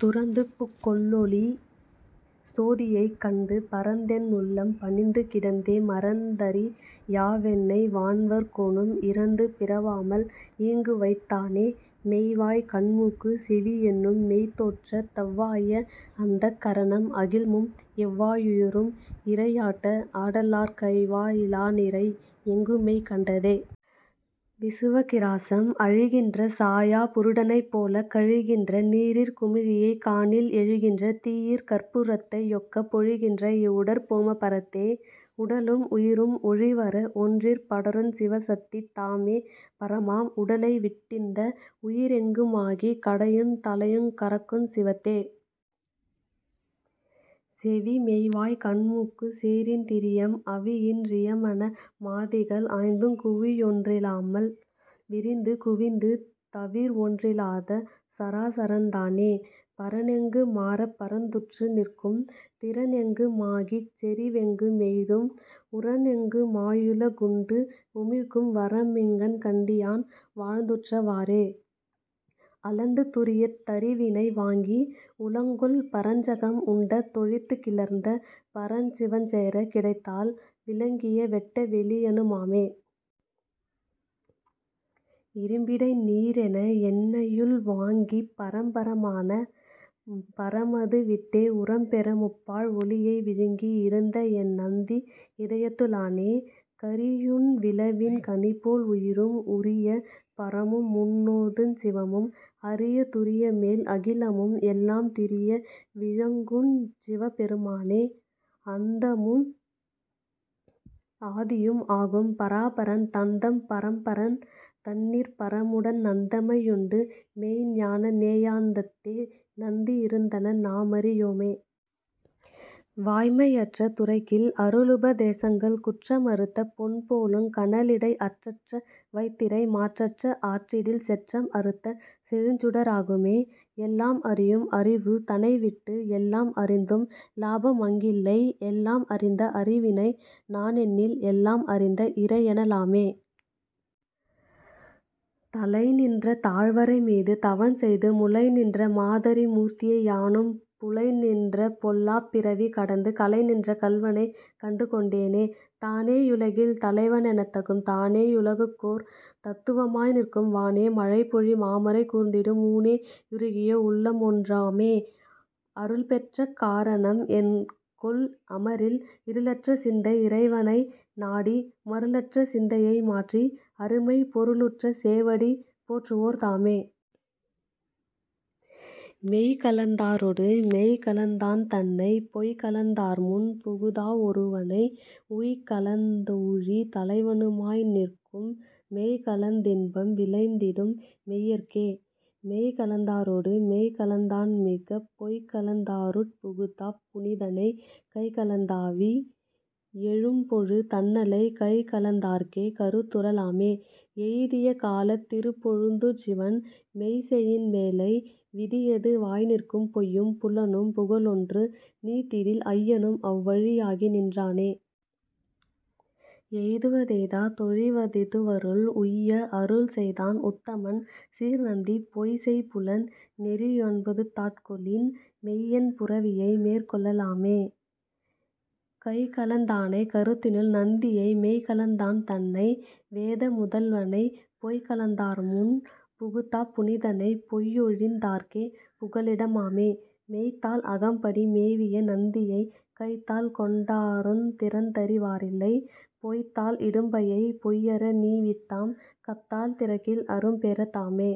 துறந்துபுக் கொள்ளொளி சோதியைக் கண்டு பறந்ததென் உள்ளம் பணிந்து கிடந்தே மறந்தறி யாவென்னை வான்வர் கோனும் இறந்து பிறவாமல் ஈங்குவைத் தானே.. மெய்வாய் கண்மூக்குச் செவியென்னும் மெய்த் தோற்றத் தவ்வாய அந்தக் கரணம் அகில்மும் எவ்வா யியுரும் இறையாட்ட ஆடலாற் கைவா யிலாநிறை எங்குமெய் கண்டதே... விசுவக் கிராசம். அழிகின்ற சாயா புருடனைப் போலக் கழிகின்ற நீரிற் குமிழியைக் காணில் எழுகின்ற தீயிற்கர்ப் பூரத்தை யொக்கப் பொழிகின்ற இவ்வுடற் போமப் பரத்தே.. உடலும் உயிரும் ஒழிவற ஒன்றிற் படருஞ் சிவசத்தி தாமே பரமாம் உடலைவிட் டிந்த உயிரெங்கு மாகிக் கடையுந் தலையுங் கரக்குஞ் சிவத்தே.. செவிமெய்வாய் கண்மூக்குச் சேரிந் திரியம் அவியின் றியமன மாதிகள் ஐந்துங் குவிவொன் றிலாமல் விரிந்து குவிந்து தவிர்வொன் றிலாத சராசரந் தானே.. பரனெங்கு மாரப் பரந்துற்று நிற்கும் திரனெங்கு மாகிச் செறிவெங்கு மெய்தும் உரனெங்கு மாயுல குண்டு உமிழ்க்கும் வரமிங்ஙன் கண்டியான் வாழ்ந்துற்ற வாறே.. அளந்து துரியத் தறிவினை வாங்கி உளங்கொள் பரஞ்சகம் உண்ட தொழித்துக் கிளர்ந்த பரஞ்சிவஞ்சேரக் கிடைத்தால் விளங்கிய வெட்ட வெளியனு மாமே.. இரும்பிடை நீரென என்னையுள் வாங்கிப் பரம்பர மான பரமது விட்டே உரம்பெற முப்பாழ் ஒளியை விழுங்கி இருந்தஎன் நந்தி இதயத்து ளானே.. கரியுண் விளவின் கனிபோல் உயிரும் உரிய பரமுமுன் னோதுஞ் சிவமும் அரிய துரியமேல் அகிலமும் எல்லாம் திரிய விழுங்குஞ் சிவபெரு மானே.. அந்தமும் ஆதியும் ஆகும் பராபரன் தந்தம் பரம்பரன் தன்னிற் பரமுடன் நந்தமை யுண்டுமெய்ஞ் ஞானநே யாந்தத்தே நந்தி யிருந்தனன் நாமறி யோமே... வாய்மை அற்ற துரைக்கில் அருளுப தேசங்கள் குற்ற மறுத்தபொன் போலுங் கனலிடை அற்றற வைத்திறை மாற்றற ஆற்றிடில் செற்றம் அறுத்த செழுஞ்சுட ராகுமே.. எல்லாம் அறியும் அறிவு தனைவிட்டு எல்லாம் அறிந்தும் இலாபமங் கில்லை எல்லாம் அறிந்த அறிவினை நானென்னில் எல்லாம் அறிந்த இறையென லாமே.. தலைநின்ற தாழ்வரை மீது தவஞ்செய்து முலைநின்ற மாதறி மூர்த்தியை யானும் புலைநின்ற பொல்லாப் பிறவி கடந்து கலைநின்ற கள்வனை கண்டுகொண் டேனே.. தானே யுலகில் தலைவ னெனத்தகும் தானே யுலகுக்கோர் தத்துவ மாய்நிற்கும் வானே மழைபொழி மாமறை கூர்ந்திடும் ஊனே யுருகிய வுள்ளமொன் றாமே.. அருள்பெற்ற காரணம் என்கொல் அமரில் இருளற்ற சிந்தை இறைவனை நாடி மருளுற்ற சிந்தையை மாற்றி அருமைப் பொருளுற்ற சேவடி போற்றுவோர் தாமே.. மெய்கலந் தாரொடு மெய்கலந் தான்தன்னை பொய்கலந் தார்முன் புகுதா ஒருவனை உய்கலந் தூழித் தலைவனுமாய் நிற்கும் மெய்கலந் தின்பம் விளைந்திடும் மெய்யர்க்கே.. மெய்கலந் தாரொடு மெய்கலந் தான்மிகப் பொய்கலந் தாருட் புகுதாப் புனிதனை கைகலந் தாவி எழும்பொழு தண்ணலைக் கைகலந் தார்க்கே கருத்துற லாமே.. எய்திய காலத் திருபொழு துஞ்சிவன் மெய்செயின் மேலை விதியது வாய்நிற்கும் பொய்யும் புலனும் புகலொன்று நீத்திடில் ஐயனும் அவ்வழி யாகிநின் றானே.. எய்துவ தெய்தா தொழிவ திதுவருள் உய்ய அருள்செய்தான் உத்தமன் சீர்நந்தி பொய்செய்புலன் நெறியொன்பதுந்தாட்கொளின் மெய்யென் புரவியை மேற்கொள்ள லாமே.. கைகலந் தானை கருத்தினுள் நந்தியை மெய்கலந் தான்தன்னை வேத முதல்வனைப் பொய்கலந் தார்முன் புகுதாப் புனிதனைப் பொய்யொழிந் தார்க்கே புகலிட மாமே. மெய்த்தாள் அகம்படி மேவிய நந்தியைக் கைத்தாள் கொண்டாருந் திறந்தறி வாரில்லை பொய்த்தாள் இடும்பையைப் பொய்யற நீவிட்டாம் கத்தாள் திறக்கில் அரும் பேற தாமே..